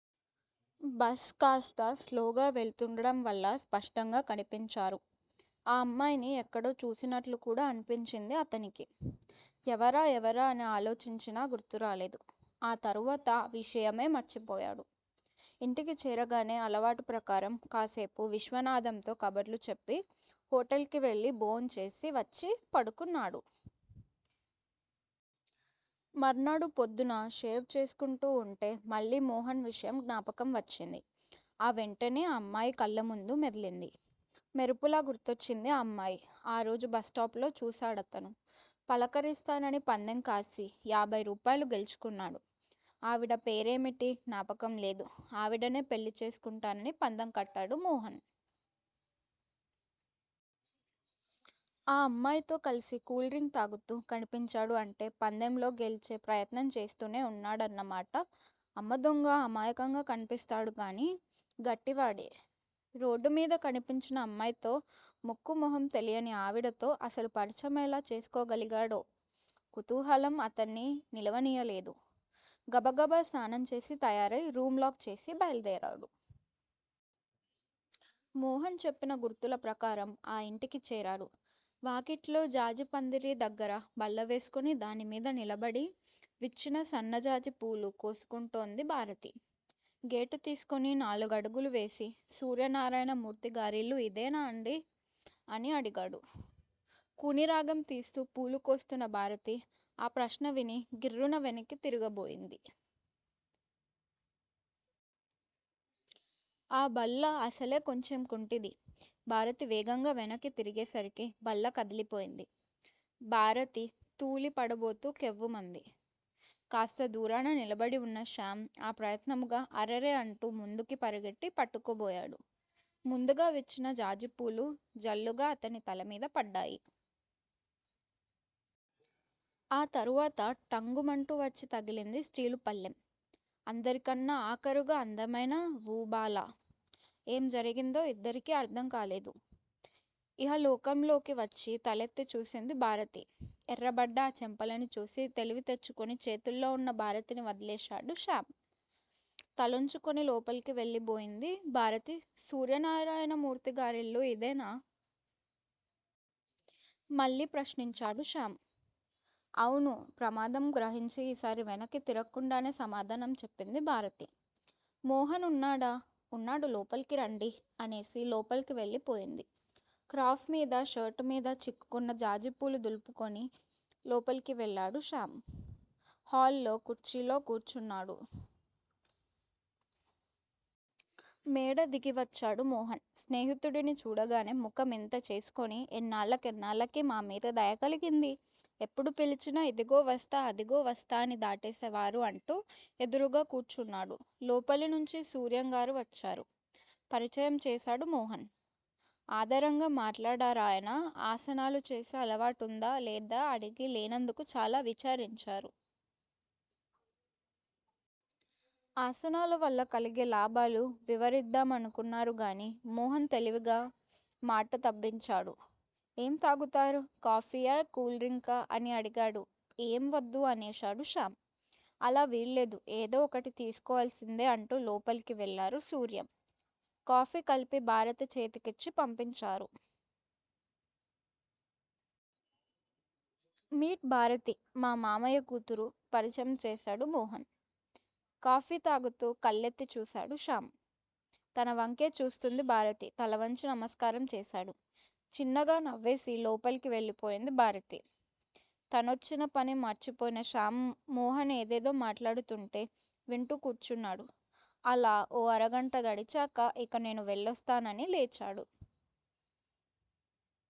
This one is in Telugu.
బస్ కాస్త స్లోగా వెళుతుండడం వల్ల స్పష్టంగా కనిపించారు. ఆ అమ్మాయిని యెక్కడో చూసినట్లుకూడా అనిపించింది అతనికి. యెవరా యెవరా అని ఆలోచించినా గుర్తురాలేదు. ఆ తరువాత ఆ విషయమే మర్చిపోయాడు. యింటికి చేరగానే అలవాటు ప్రకారం కాసేపు విశ్వనాధంతో కబుర్లు చెప్పి హొటల్ కి వెళ్ళి భోం చేసి వచ్చి పడుకున్నాడు. మర్నాడు పొద్దున షేవ్ చేసుకుంటూవుంటే మళ్ళీ మోహన్ విషయం జ్ఞాపకం వచ్చింది. ఆ వెంటనే ఆ అమ్మాయి కళ్ళముందు మెదిలింది. మెరుపులా గుర్తొచ్చింది ఆ అమ్మాయి ఆరోజు బస్టాప్ లో చూసాడతను. పలకరిస్తానని పందెం కాసి యాభై రూపాయలు గెలుచుకున్నాడు. ఆవిడ పేరేమిటి జ్ఞాపకంలేదు. ఆవిడనే పెళ్ళి చేసుకుంటానని పందెం కట్టాడు మోహన్. ఆ అమ్మాయితో కలిసి కూల్ డ్రింక్ తాగుతూ కనిపించాడు అంటే పందెంలో గెల్చే ప్రయత్నం చేస్తూనే వున్నాడన్నమాట అమ్మదొంగా అమాయకంగా కనిపిస్తాడు గానీ గట్టివాడే. రోడ్డుమీద కనిపించిన అమ్మాయితో ముక్కూ మొహం తెలియని ఆవిడతో అసలు పరిచయం ఎలా చేసుకోగలిగాడో! కుతూహలం అతన్ని నిలవనీయలేదు. గబగబ స్నానం చేసి తయారై రూం లాక్ చేసి బయలుదేరాడు. మోహన్ చెప్పిన గుర్తుల ప్రకారం ఆ ఇంటికి చేరాడు. వాకిట్లో జాజిపందిరి దగ్గర బల్ల వేసుకుని దానిమీద నిలబడి విచ్చిన సన్నజాజి పూలు కోసుకుంటోంది భారతి. గేటు తీసుకొని నాలుగడుగులు వేసి- సూర్యనారాయణమూర్తిగారిల్లు ఇదేనాండీ? అని అడిగాడు. కూనిరాగం తీస్తూ పూలు కోస్తున్న భారతి ఆ ప్రశ్న విని గిర్రున వెనక్కి తిరగబోయింది. ఆ బల్లఅసలే కొంచెం కుంటిది. భారతి వేగంగా వెనక్కి తిరిగేసరికి బల్ల కదిలిపోయింది. భారతి తూలి పడబోతూ కెవ్వుమంది. కాస్త దూరాన నిలబడివున్న శ్యామ్ అప్రయత్నముగా 'అరెరె! ' అంటూ ముందుకి పరిగెట్టి పట్టుకో బోయాడు. ముందుగా విచ్చిన జాజిపూలు జల్లుగా అతని తల మీద పడ్డాయి. ఆ తరువాత ఠంగుమంటూ వచ్చి తగిలింది స్టీలు పళ్ళెం. అందరికన్నా ఆఖరుగా అందమైన వూబాల! ఏం జరిగిందో ఇద్దరికీ అర్థంకాలేదు. ఇహలోకంలోకి వచ్చి తలెత్తి చూసింది భారతి ఎర్రబడ్డ ఆ చెంపలని చూసి తెలివి తెచ్చుకుని చేతుల్లో వున్న భారతిని వదిలేశాడు శ్యామ్. తలోంచుకుని లోపలికి వెళ్ళబోయింది భారతి సూర్యనారాయణమూర్తిగారిల్లు ఇదేనా? మళ్ళీ ప్రశ్నించాడు శ్యామ్. అవును ప్రమాదం గ్రహించి ఈసారి వెనక్కి తిరక్కుండానే సమాధానం చెప్పింది భారతి. మోహన్ ఉన్నాడా? ఉన్నాడు లోపలికి రండి! అనేసి లోపలికి వెళ్ళి పోయింది. క్రాఫ్ మీద, షర్టుమీద చిక్కుకున్న జాజిపూలు దులుపుకొని లోపలికి వెళ్ళాడు శ్యామ్. హాల్లో కుర్చీలో కూర్చున్నాడు. మేడ దిగివచ్చాడు మోహన్. స్నేహితుడిని చూడగానే ముఖం ఇంత చేసుకుని__ ఎన్నాళ్ళకెన్నాళ్ళకి మా మీద దయ కలిగింది! ఎప్పుడు పిలిచినా ఇదుగో వస్తా అదిగో వస్తా అని దాటేసేవారు అంటూ ఎదురుగా కూర్చున్నాడు. లోపలినుంచి సూర్యం గారు వచ్చారు. పరిచయం చేసాడు మోహన్. ఆదరంగా మాట్లాడారాయన ఆసనాలు చేసే అలవాటుందా లేదా అడిగి లేనందుకు చాలా విచారించారు. ఆసనాలవల్ల కలిగే లాభాలు వివరిద్డామానుకున్నారుగానీ మోహన్ తెలివిగా మాట తప్పించాడు. ఏం తాగుతారు? కాఫీయా? కూల్ డ్రింకా? అని అడిగాడు ఏం వద్దు అనేశాడు శ్యామ్. అలా వీల్లేదు ఏదో ఒకటి తీసుకోవాల్సిందే అంటూ లోపలికి వెళ్లారు సూర్యం. కాఫీ కలిపి భారతి చేతి కిచ్చి పంపించారు. మీట్ భారతి. మా మామయ్య కూతురు పరిచయం చేసాడు మోహన్. కాఫీ తాగుతూ కెళ్ళేత్తి చూసాడు శ్యామ్. తన వంకే చూస్తోంది భారతి తలవంచి నమస్కారం చేసాడు. చిన్నగా నవ్వేసి లోపలికి వెళ్ళిపోయింది భారతి. తనోచ్చిన పని మర్చిపోయిన శ్యామ్ మోహన్ ఏదేదో మాట్లాడుతుంటే వింటూ కూర్చున్నాడు. అలా ఓ అరగంట గడిచాక ఇక నేను వెళ్ళోస్తానని లేచాడు.